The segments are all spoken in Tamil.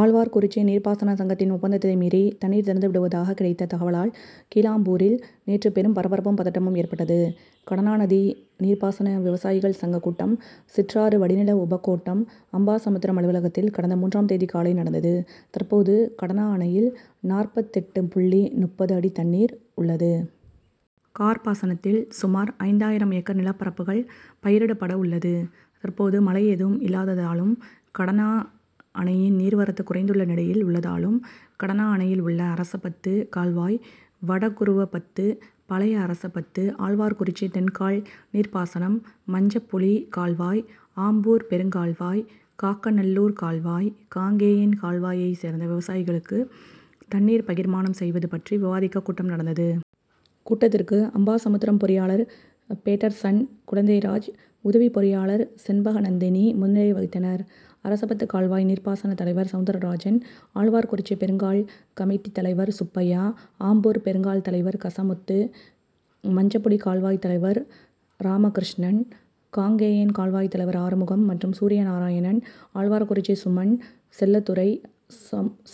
ஆழ்வார்குறிச்சி நீர்பாசன சங்கத்தின் ஒப்பந்தத்தை மீறி தண்ணீர் திறந்து விடுவதாக கிடைத்த தகவலால் கீழாம்பூரில் நேற்று பெரும் பரபரப்பும், பதட்டமும் ஏற்பட்டது. கடனாநதி நீர்பாசன விவசாயிகள் சங்க கூட்டம் சிற்றாறு வடிநில உபகோட்டம் அம்பாசமுத்திரம் அலுவலகத்தில் கடந்த மூன்றாம் தேதி காலை நடந்தது. தற்போது கடனா அணையில் நாற்பத்தெட்டு புள்ளி முப்பது அடி தண்ணீர் உள்ளது. கார் பாசனத்தில் சுமார் ஐந்தாயிரம் ஏக்கர் நிலப்பரப்புகள் பயிரிடப்பட உள்ளது. தற்போது மழை ஏதும் இல்லாததாலும், கடனா அணையின் நீர்வரத்து குறைந்துள்ள நிலையில் உள்ளதாலும் கடனா அணையில் உள்ள அரசபத்து கால்வாய், வடகுருவபத்து, பழைய அரசபத்து, ஆழ்வார்குறிச்சி தென்கால் நீர்பாசனம், மஞ்சப்புளி கால்வாய், ஆம்பூர் பெருங்கால்வாய், காக்கநல்லூர் கால்வாய், காங்கேயன் கால்வாயை சேர்ந்த விவசாயிகளுக்கு தண்ணீர் பகிர்மானம் செய்வது பற்றி விவாதிக்க கூட்டம் நடந்தது. கூட்டத்திற்கு அம்பாசமுத்திரம் பொறியாளர் பேட்டர்சன் குழந்தைராஜ், உதவி பொறியாளர் செண்பகநந்தினி முன்னிலை வகித்தனர். அரசபத்து கால்வாய் நீர்பாசன தலைவர் சவுந்தரராஜன், ஆழ்வார்குறிச்சி பெருங்கால் கமிட்டி தலைவர் சுப்பையா, ஆம்பூர் பெருங்கால் தலைவர் கசமுத்து, மஞ்சபுளி கால்வாய் தலைவர் ராமகிருஷ்ணன், காங்கேயன் கால்வாய் தலைவர் ஆறுமுகம் மற்றும் சூரியநாராயணன், ஆழ்வார்குறிச்சி சுமன் செல்லத்துரை,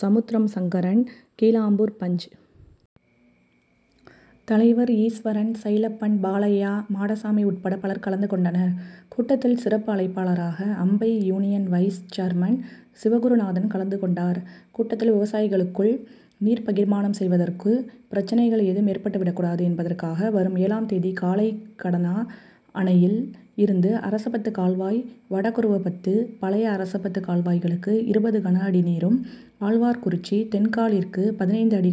சமுத்திரம், சங்கரன், கீழாம்பூர் பஞ்., தலைவர் ஈஸ்வரன், சைலப்பன், பாலையா, மாடசாமி உட்பட பலர் கலந்து கொண்டனர். கூட்டத்தில் சிறப்பு அழைப்பாளராக Ambai union vice chairman Sivagurunathan கலந்து கொண்டார். கூட்டத்தில், விவசாயிகளுக்குள் நீர் பகிர்மானம் செய்வதற்கு பிரச்னைகள் ஏதும் ஏற்பட்டுவிடக்கூடாது என்பதற்காக வரும் ஏழாம் தேதி காலை கடனா அணையில் இருந்து அரசபத்து கால்வாய், வடகுருவபத்து, பழைய அரசபத்து கால்வாய்களுக்கு இருபது கனஅடி நீரும், ஆழ்வார்குறிச்சி தென்காலிற்கு பதினைந்து அடி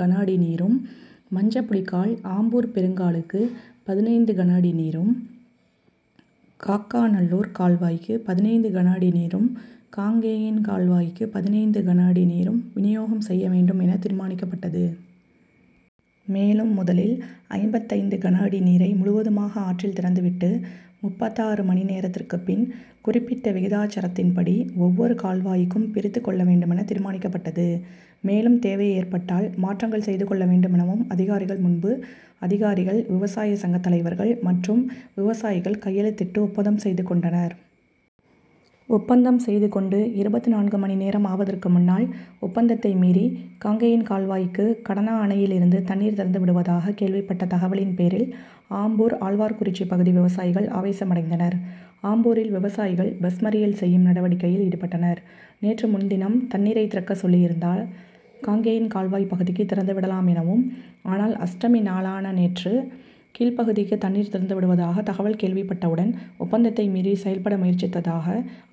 கனஅடி நீரும், மஞ்சபுளிகால், ஆம்பூர் பெருங்காலுக்கு பதினைந்து கனஅடி நீரும், காக்கநல்லூர் கால்வாய்க்கு பதினைந்து கனஅடி நீரும், காங்கேயன் கால்வாய்க்கு பத்து கனஅடி நீரும் வினியோகம் செய்ய வேண்டும் என தீர்மானிக்கப்பட்டது. மேலும் முதலில் ஐம்பத்தைந்து கனஅடி நீரை முழுவதுமாக ஆற்றில் திறந்துவிட்டு முப்பத்தாறு மணி நேரத்திற்கு பின் குறிப்பிட்ட விகிதாசாரத்தின்படி ஒவ்வொரு கால்வாய்க்கும் பிரித்துக் கொள்ள வேண்டுமென தீர்மானிக்கப்பட்டது. மேலும் தேவை ஏற்பட்டால் மாற்றங்கள் செய்து கொள்ள வேண்டுமெனவும் அதிகாரிகள் முன்பு அதிகாரிகள், விவசாய சங்க தலைவர்கள் மற்றும் விவசாயிகள் கையெழுத்திட்டு ஒப்பந்தம் செய்து கொண்டனர். ஒப்பந்தம் செய்து கொண்டு இருபத்துநான்கு மணிநேரம் ஆவதற்கு முன்னால் ஒப்பந்தத்தை மீறி காங்கேயன் கால்வாய்க்கு கடனா அணையில் இருந்து தண்ணீர் திறந்து விடுவதாக கேள்விப்பட்ட தகவலின் பேரில் ஆம்பூர், ஆழ்வார்குறிச்சி பகுதி விவசாயிகள் ஆவேசமடைந்தனர். ஆம்பூரில் விவசாயிகள் பஸ் மறியல் செய்யும் நடவடிக்கையில் ஈடுபட்டனர். நேற்று முன்தினம் தண்ணீரை திறக்க சொல்லியிருந்தால் காங்கேயன் கால்வாய் பகுதிக்கு திறந்துவிடலாம் எனவும், ஆனால் அஷ்டமி நாளான நேற்று கீழ்ப்பகுதிக்கு தண்ணீர் திறந்து விடுவதாக தகவல் கேள்விப்பட்டவுடன் ஒப்பந்தத்தை மீறி செயல்பட முயற்சித்ததாக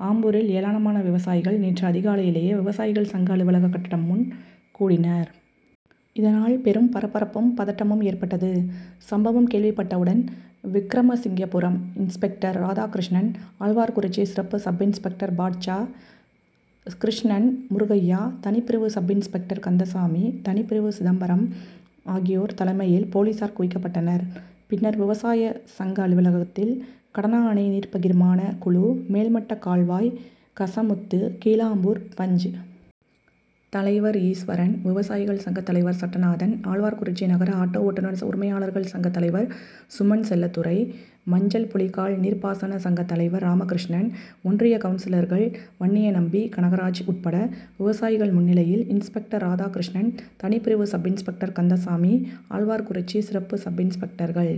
ஆம்பூரில் ஏராளமான விவசாயிகள் நேற்று அதிகாலையிலேயே விவசாயிகள் சங்க அலுவலக கட்டடம் முன் கூடினர். இதனால் பெரும் பரபரப்பும், பதட்டமும் ஏற்பட்டது. சம்பவம் கேள்விப்பட்டவுடன் விக்கிரமசிங்கபுரம் இன்ஸ்பெக்டர் ராதாகிருஷ்ணன், ஆழ்வார்குறிச்சி சிறப்பு சப்-இன்ஸ்பெக்டர் பாட்ஷா, கிருஷ்ணன், முருகையா, தனிப்பிரிவு சப்-இன்ஸ்பெக்டர் கந்தசாமி, தனிப்பிரிவு சிதம்பரம் ஆகியோர் தலைமையில் போலீசார் குவிக்கப்பட்டனர். பின்னர் விவசாய சங்க அலுவலகத்தில் கடனா அணை நீர்பகிர்மான குழு மேல்மட்ட கால்வாய் கசமுத்து, கீழாம்பூர் பஞ்., தலைவர் ஈஸ்வரன், விவசாயிகள் சங்க தலைவர் சட்டநாதன், ஆழ்வார்குறிச்சி நகர ஆட்டோ ஓட்டுனர் உரிமையாளர்கள் சங்க தலைவர் சுமன் செல்லத்துரை, மஞ்சள்புளிகால் நீர்பாசன சங்க தலைவர் ராமகிருஷ்ணன், ஒன்றிய கவுன்சிலர்கள் வன்னியநம்பி, கனகராஜ் உட்பட விவசாயிகள் முன்னிலையில் இன்ஸ்பெக்டர் ராதாகிருஷ்ணன், தனிப்பிரிவு சப்-இன்ஸ்பெக்டர் கந்தசாமி, ஆழ்வார்குறிச்சி சிறப்பு சப்-இன்ஸ்பெக்டர்கள்